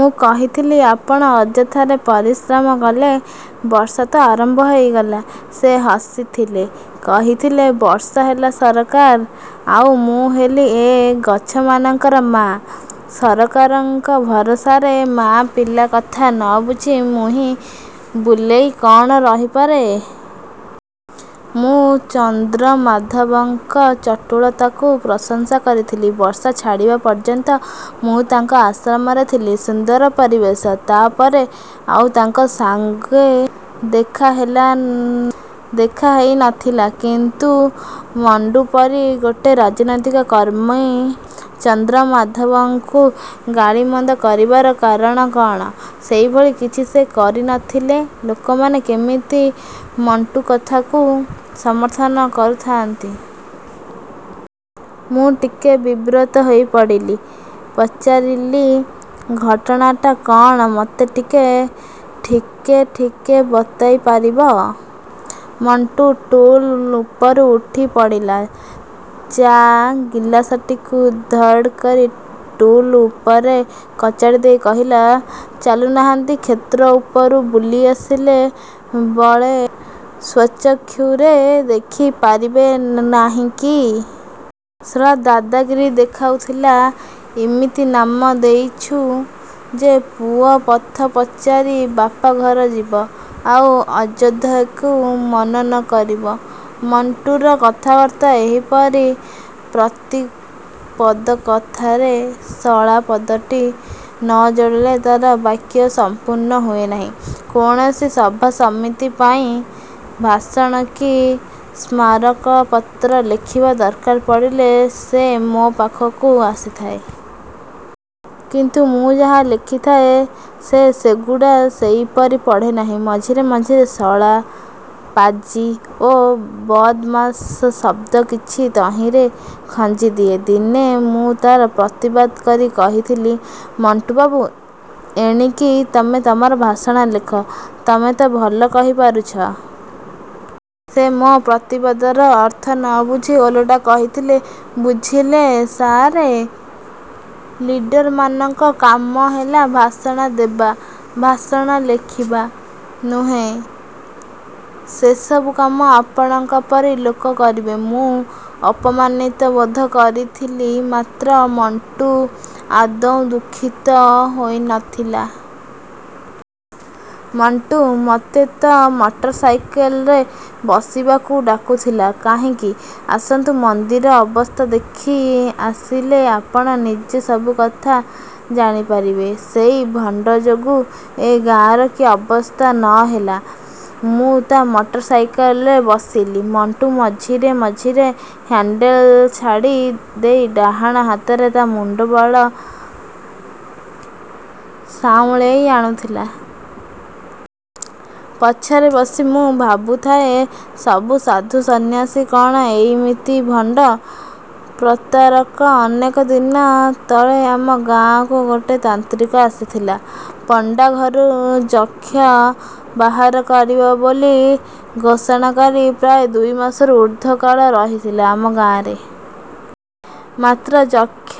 ମୁଁ କହିଥିଲି, "ଆପଣ ଅଯଥାରେ ପରିଶ୍ରମ କଲେ। ବର୍ଷା ତ ଆରମ୍ଭ ହୋଇଗଲା।" ସେ ହସିଥିଲେ। କହିଥିଲେ, "ବର୍ଷା ହେଲା ସରକାର, ଆଉ ମୁଁ ହେଲି ଏ ଗଛମାନଙ୍କର ମା'। ସରକାରଙ୍କ ଭରସାରେ ମା' ପିଲା କଥା ନ ବୁଝି ମୁହଁ ବୁଲେଇ କ'ଣ ରହିପାରେ!" ମୁଁ ଚନ୍ଦ୍ରମାଧବଙ୍କ ଚଟୁଳତାକୁ ପ୍ରଶଂସା କରିଥିଲି। ବର୍ଷା ଛାଡ଼ିବା ପର୍ଯ୍ୟନ୍ତ ମୁଁ ତାଙ୍କ ଆଶ୍ରମରେ ଥିଲି। ସୁନ୍ଦର ପରିବେଶ। ତା'ପରେ ଆଉ ତାଙ୍କ ସାଙ୍ଗେ ଦେଖା ହେଲା ଦେଖା ହେଇ ନଥିଲା। କିନ୍ତୁ ମଣ୍ଟୁ ପରି ଗୋଟେ ରାଜନୈତିକ କର୍ମୀ ଚନ୍ଦ୍ରମାଧବଙ୍କୁ ଗାଳିମନ୍ଦ କରିବାର କାରଣ କ'ଣ? ସେଇଭଳି କିଛି ସେ କରିନଥିଲେ ଲୋକମାନେ କେମିତି ମଣ୍ଟୁ କଥାକୁ ସମର୍ଥନ କରୁଥାଆନ୍ତି! ମୁଁ ଟିକେ ବିବ୍ରତ ହୋଇ ପଡ଼ିଲି। ପଚାରିଲି, "ଘଟଣାଟା କ'ଣ ମୋତେ ଟିକେ ଠିକେ ଠିକେ ବତେଇ ପାରିବ?" ମଣ୍ଟୁ ଟୁଲ୍ ଉପରୁ ଉଠି ପଡ଼ିଲା। ଚା' ଗିଲାସଟିକୁ ଧଡ଼୍ କରି ଟୁଲ୍ ଉପରେ କଚାଡ଼ି ଦେଇ କହିଲା, "ଚାଲୁନାହାନ୍ତି, କ୍ଷେତ୍ର ଉପରୁ ବୁଲି ଆସିଲେ ବଳେ ସ୍ୱଚକ୍ଷୁରେ ଦେଖି ପାରିବେ ନାନାହିଁ କି! ଶଳା ଦାଦାଗିରି ଦେଖାଉଥିଲା। ଇମିତି ନାମ ଦେଇଛୁ ଯେ ପୁଅ ପଥ ପଚାରି ବାପଘର ଯିବ, ଆଉ ଅଯୋଧ୍ୟାକୁ ମନ ନ କରିବ।" ମଣ୍ଟୁର କଥାବାର୍ତ୍ତା ଏହିପରି। ପ୍ରତି ପଦ କଥାରେ 'ଶଳା' ପଦଟି ନ ଯୋଡ଼ିଲେ ତା'ର ବାକ୍ୟ ସମ୍ପୂର୍ଣ୍ଣ ହୁଏ ନାହିଁ। କୌଣସି ସଭା ସମିତି ପାଇଁ ଭାଷଣ କି ସ୍ମାରକପତ୍ର ଲେଖିବା ଦରକାର ପଡ଼ିଲେ ସେ ମୋ ପାଖକୁ ଆସିଥାଏ। କିନ୍ତୁ ମୁଁ ଯାହା ଲେଖିଥାଏ, ସେ ସେଗୁଡ଼ା ସେଇପରି ପଢ଼େ ନାହିଁ। ମଝିରେ ମଝିରେ ଶଳା, ପାଜି ଓ ବଦ୍‌ମାସ ଶବ୍ଦ କିଛି ତହିଁରେ ଖଞ୍ଜି ଦିଏ। ଦିନେ ମୁଁ ତା'ର ପ୍ରତିବାଦ କରି କହିଥିଲି, "ମଣ୍ଟୁବାବୁ! ଏଣିକି ତମେ ତମର ଭାଷଣ ଲେଖ। ତମେ ତ ଭଲ କହି ପାରୁଛ।" ସେ ମୋ ପ୍ରତିବାଦର ଅର୍ଥ ନ ବୁଝି ଓଲଟା କହିଥିଲା, "ବୁଝିଲେ ସାଆରେ! ଲିଡର୍‌ମାନଙ୍କ କାମ ହେଲା ଭାଷଣ ଦେବା, ଭାଷଣ ଲେଖିବା ନୁହେଁ। ସେସବୁ କାମ ଆପଣଙ୍କ ପରି ଲୋକ କରିବେ।" ମୁଁ ଅପମାନିତ ବୋଧ କରିଥିଲି। ମାତ୍ର ମଣ୍ଟୁ ଆଦୌ ଦୁଃଖିତ ହୋଇ ନଥିଲା। ମଣ୍ଟୁ ମୋତେ ତ' ମଟରସାଇକେଲ୍‌ରେ ବସିବାକୁ ଡାକୁଥିଲା। କହିଲା, "ଆସନ୍ତୁ, ମନ୍ଦିର ଅବସ୍ଥା ଦେଖି ଆସିଲେ ଆପଣ ନିଜେ ସବୁ କଥା ଜାଣି ପାରିବେ। ସେଇ ଭଣ୍ଡ ଯୋଗୁ ଏ ଗାଁର କି ଅବସ୍ଥା ନ ହେଲା...!" ମୁଁ ତା' ମଟରସାଇକେଲ୍‌ରେ ବସିଲି। ମଣ୍ଟୁ ମଝିରେ ମଝିରେ ହ୍ୟାଣ୍ଡଲ୍ ଛାଡ଼ି ଦେଇ ଡାହାଣ ହାତରେ ତା' ମୁଣ୍ଡବାଳ ସାଉଁଳେଇ ଆଣୁଥିଲା। ପଛରେ ବସି ମୁଁ ଭାବୁଥାଏ, ସବୁ ସାଧୁ ସନ୍ନ୍ୟାସୀ କ'ଣ ଏଇମିତି ଭଣ୍ଡ, ପ୍ରତାରକ? ଅନେକ ଦିନ ତଳେ ଆମ ଗାଁକୁ ଗୋଟେ ତାନ୍ତ୍ରିକ ଆସିଥିଲା। ପଣ୍ଡା ଘରୁ ଯକ୍ଷ ବାହାର କରିବ ବୋଲି ଘୋଷଣା କରି ପ୍ରାୟ ଦୁଇ ମାସରୁ ଊର୍ଦ୍ଧ୍ୱ କାଳ ରହିଥିଲା ଆମ ଗାଁରେ। ମାତ୍ର ଯକ୍ଷ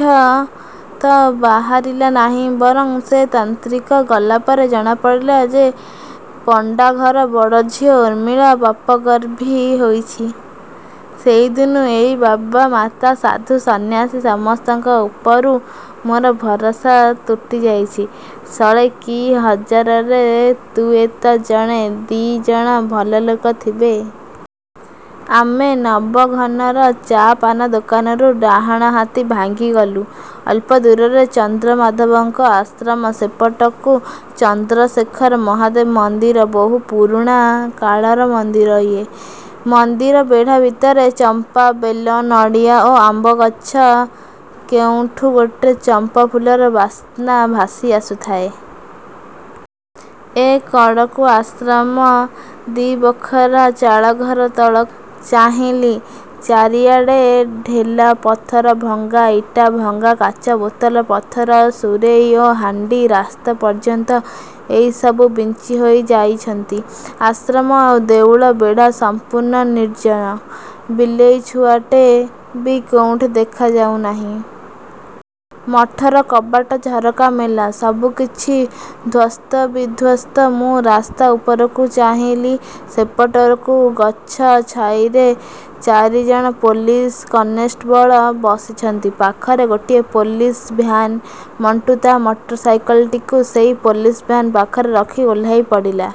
ତ ବାହାରିଲା ନାହିଁ, ବରଂ ସେ ତାନ୍ତ୍ରିକ ଗଲା ପରେ ଜଣା ପଡ଼ିଥିଲା ଯେ ପଣ୍ଡାଘର ବଡ଼ଝିଅ ଉର୍ମିଳା ପାପଗର୍ଭି ହୋଇଛି। ସେଇଦିନୁ ଏଇ ବାବା, ମାତା, ସାଧୁ, ସନ୍ନ୍ୟାସୀ ସମସ୍ତଙ୍କ ଉପରୁ ମୋର ଭରସା ତୁଟି ଯାଇଛି। ଶଳେ କି ହଜାରରେ ହୁଏତ ଜଣେ ଦି'ଜଣ ଭଲ ଲୋକ ଥିବେ। ଆମେ ନବଘନର ଚା'-ପାନ ଦୋକାନରୁ ଡାହାଣହାତି ଭାଙ୍ଗି ଗଲୁ। ଅଳ୍ପ ଦୂରରେ ଚନ୍ଦ୍ରମାଧବଙ୍କ ଆଶ୍ରମ। ସେପଟକୁ ଚନ୍ଦ୍ରଶେଖର ମହାଦେବ ମନ୍ଦିର। ବୋହୁ ପୁରୁଣା କାଳର ମନ୍ଦିର ଇଏ। ମନ୍ଦିର ବେଢ଼ା ଭିତରେ ଚମ୍ପା, ବେଲ, ନଡ଼ିଆ ଓ ଆମ୍ବଗଛ। କେଉଁଠୁ ଗୋଟେ ଚମ୍ପାଫୁଲର ବାସ୍ନା ଭାସି ଆସୁଥାଏ। ଏ କଡ଼କୁ ଆଶ୍ରମ। ଦି'ବଖରା ଚାଳଘର। ତଳକୁ ଚାହିଁଲି। ଚାରିଆଡ଼େ ଢେଲା, ପଥର, ଭଙ୍ଗା ଇଟା, ଭଙ୍ଗା କାଚ ବୋତଲ, ପଥର, ସୁରେଇ ଓ ହାଣ୍ଡି। ରାସ୍ତା ପର୍ଯ୍ୟନ୍ତ ଏଇ ସବୁ ବିଞ୍ଚି ହୋଇ ଯାଇଛନ୍ତି। ଆଶ୍ରମ ଓ ଦେଉଳ ବେଢ଼ା ସମ୍ପୂର୍ଣ୍ଣ ନିର୍ଜନ। ବିଲେଇଛୁଆଟେ ବି କୋଉଠି ଦେଖା ଯାଉନାହିଁ। ମଠର କବାଟ ଝରକା ମେଲା। ସବୁକିଛି ଧ୍ୱସ୍ତବିଧ୍ୱସ୍ତ। ମୁଁ ରାସ୍ତା ଉପରକୁ ଚାହିଁଲି। ସେପଟକୁ ଗଛ ଛାଇରେ ଚାରିଜଣ ପୋଲିସ କନେଷ୍ଟବଳ ବସିଛନ୍ତି। ପାଖରେ ଗୋଟେ ପୋଲିସ ଭ୍ୟାନ୍। ମଣ୍ଟୁ ତା' ମଟରସାଇକେଲ୍‌ଟିକୁ ସେଇ ପୋଲିସ ଭ୍ୟାନ୍ ପାଖରେ ରଖି ଓହ୍ଲେଇ ପଡ଼ିଲା।